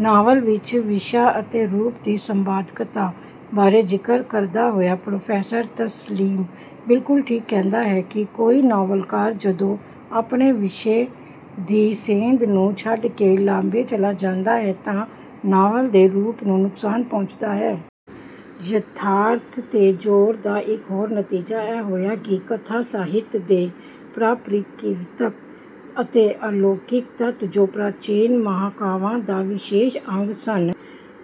Novel ਵਿੱਚ ਵਿਸ਼ਾ ਅਤੇ ਰੂਪ ਦੀ ਸੰਬਾਦਕਤਾ ਬਾਰੇ ਜ਼ਿਕਰ ਕਰਦਾ ਹੋਇਆ ਪ੍ਰੋਫੈਸਰ ਤਸਲੀਮ ਬਿਲਕੁਲ ਠੀਕ ਕਹਿੰਦਾ ਹੈ ਕਿ ਕੋਈ ਨਾਵਲਕਾਰ ਜਦੋਂ ਆਪਣੇ ਵਿਸ਼ੇ ਦੀ ਸੇਧ ਨੂੰ ਛੱਡ ਕੇ ਲਾਂਭੇ ਚਲਾ ਜਾਂਦਾ ਹੈ ਤਾਂ ਨਾਵਲ ਦੇ ਰੂਪ ਨੂੰ ਨੁਕਸਾਨ ਪਹੁੰਚਦਾ ਹੈ। ਯਥਾਰਥ ਤੇ ਜੋਰ ਦਾ ਇੱਕ ਹੋਰ ਨਤੀਜਾ ਇਹ ਹੋਇਆ ਕਿ ਕਥਾ ਸਾਹਿਤ ਦੇ ਪਰਾਪ੍ਰਕਿਰਤਕ ਅਤੇ ਅਲੌਕਿਕ ਤੱਤ ਜੋ ਪ੍ਰਾਚੀਨ ਮਹਾਂਕਾਵਾਂ ਦਾ ਵਿਸ਼ੇਸ਼ ਅੰਗ ਸਨ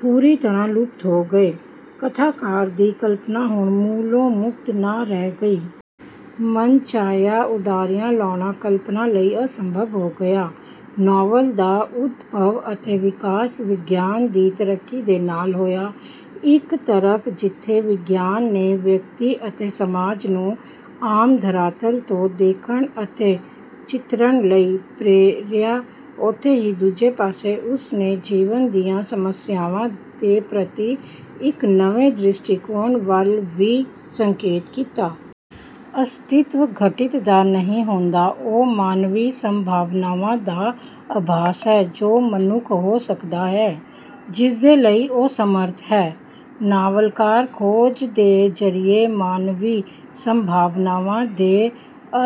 ਪੂਰੀ ਤਰ੍ਹਾਂ ਲੁਪਤ ਹੋ ਗਏ। ਕਥਾਕਾਰ ਦੀ ਕਲਪਨਾ ਹੁਣ ਮੂਲੋਂ ਮੁਕਤ ਨਾ ਰਹਿ ਗਈ। ਮਨਚਾਹੀਆਂ ਉਡਾਰੀਆਂ ਲਾਉਣਾ ਕਲਪਨਾ ਲਈ ਅਸੰਭਵ ਹੋ ਗਿਆ। ਨਾਵਲ ਦਾ ਉਦਭਵ ਅਤੇ ਵਿਕਾਸ ਵਿਗਿਆਨ ਦੀ ਤਰੱਕੀ ਦੇ ਨਾਲ ਹੋਇਆ। ਇੱਕ ਤਰਫ ਜਿੱਥੇ ਵਿਗਿਆਨ ਨੇ ਵਿਅਕਤੀ ਅਤੇ ਸਮਾਜ ਨੂੰ ਆਮ ਧਰਾਤਲ ਤੋਂ ਦੇਖਣ ਅਤੇ ਚਿਤਰਣ ਲਈ ਪ੍ਰੇਰਿਆ ਉਥੇ ਹੀ ਦੂਜੇ ਪਾਸੇ ਉਸਨੇ ਜੀਵਨ ਦੀਆਂ ਸਮਸਿਆਵਾਂ ਦੇ ਪ੍ਰਤੀ ਇੱਕ ਨਵੇਂ ਦ੍ਰਿਸ਼ਟੀਕੋਣ ਵੱਲ ਵੀ ਸੰਕੇਤ ਕੀਤਾ। ਅਸਤੀਤਵ ਘਟਿਤ ਦਾ ਨਹੀਂ ਹੁੰਦਾ ਉਹ ਮਾਨਵੀ ਸੰਭਾਵਨਾਵਾਂ ਦਾ ਆਭਾਸ ਹੈ ਜੋ ਮਨੁੱਖ ਹੋ ਸਕਦਾ ਹੈ ਜਿਸਦੇ ਲਈ ਉਹ ਸਮਰੱਥ ਹੈ। ਨਾਵਲਕਾਰ ਖੋਜ ਦੇ ਜਰੀਏ ਮਾਨਵੀ ਸੰਭਾਵਨਾਵਾਂ ਦੇ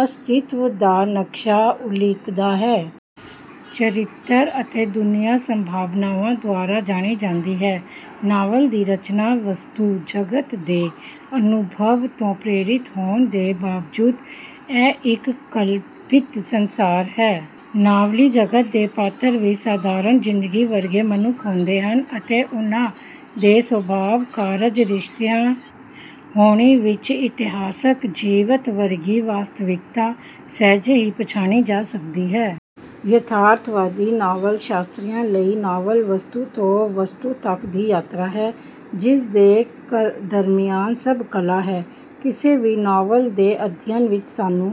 ਅਸਤਿਤਵ ਦਾ ਨਕਸ਼ਾ ਉਲੀਕਦਾ ਹੈ। ਚਰਿੱਤਰ ਅਤੇ ਦੁਨੀਆਂ ਸੰਭਾਵਨਾਵਾਂ ਦੁਆਰਾ ਜਾਣੀ ਜਾਂਦੀ ਹੈ। ਨਾਵਲ ਦੀ ਰਚਨਾ ਵਸਤੂ ਜਗਤ ਦੇ ਅਨੁਭਵ ਤੋਂ ਪ੍ਰੇਰਿਤ ਹੋਣ ਦੇ ਬਾਵਜੂਦ ਇਹ ਇੱਕ ਕਲਪਿਤ ਸੰਸਾਰ ਹੈ। ਨਾਵਲੀ ਜਗਤ ਦੇ ਪਾਤਰ ਵੀ ਸਧਾਰਣ ਜਿੰਦਗੀ ਵਰਗੇ ਮਨੁੱਖ ਹੁੰਦੇ ਹਨ ਅਤੇ ਉਨ੍ਹਾਂ ਦੇ ਸੁਭਾਅ ਕਾਰਜ ਰਿਸ਼ਤਿਆਂ ਹੋਣੀ ਵਿੱਚ ਇਤਿਹਾਸਕ ਜੀਵਤ ਵਰਗੀ ਵਾਸਤਵਿਕਤਾ ਸਹਿਜੇ ਹੀ ਪਛਾਣੀ ਜਾ ਸਕਦੀ ਹੈ। ਯਥਾਰਥਵਾਦੀ ਨਾਵਲ ਸ਼ਾਸਤਰੀਆਂ ਲਈ ਨਾਵਲ ਵਸਤੂ ਤੋਂ ਵਸਤੂ ਤੱਕ ਦੀ ਯਾਤਰਾ ਹੈ ਜਿਸ ਦੇ ਦਰਮਿਆਨ ਸਭ ਕਲਾ ਹੈ। ਕਿਸੇ ਵੀ ਨਾਵਲ ਦੇ ਅਧਿਐਨ ਵਿੱਚ ਸਾਨੂੰ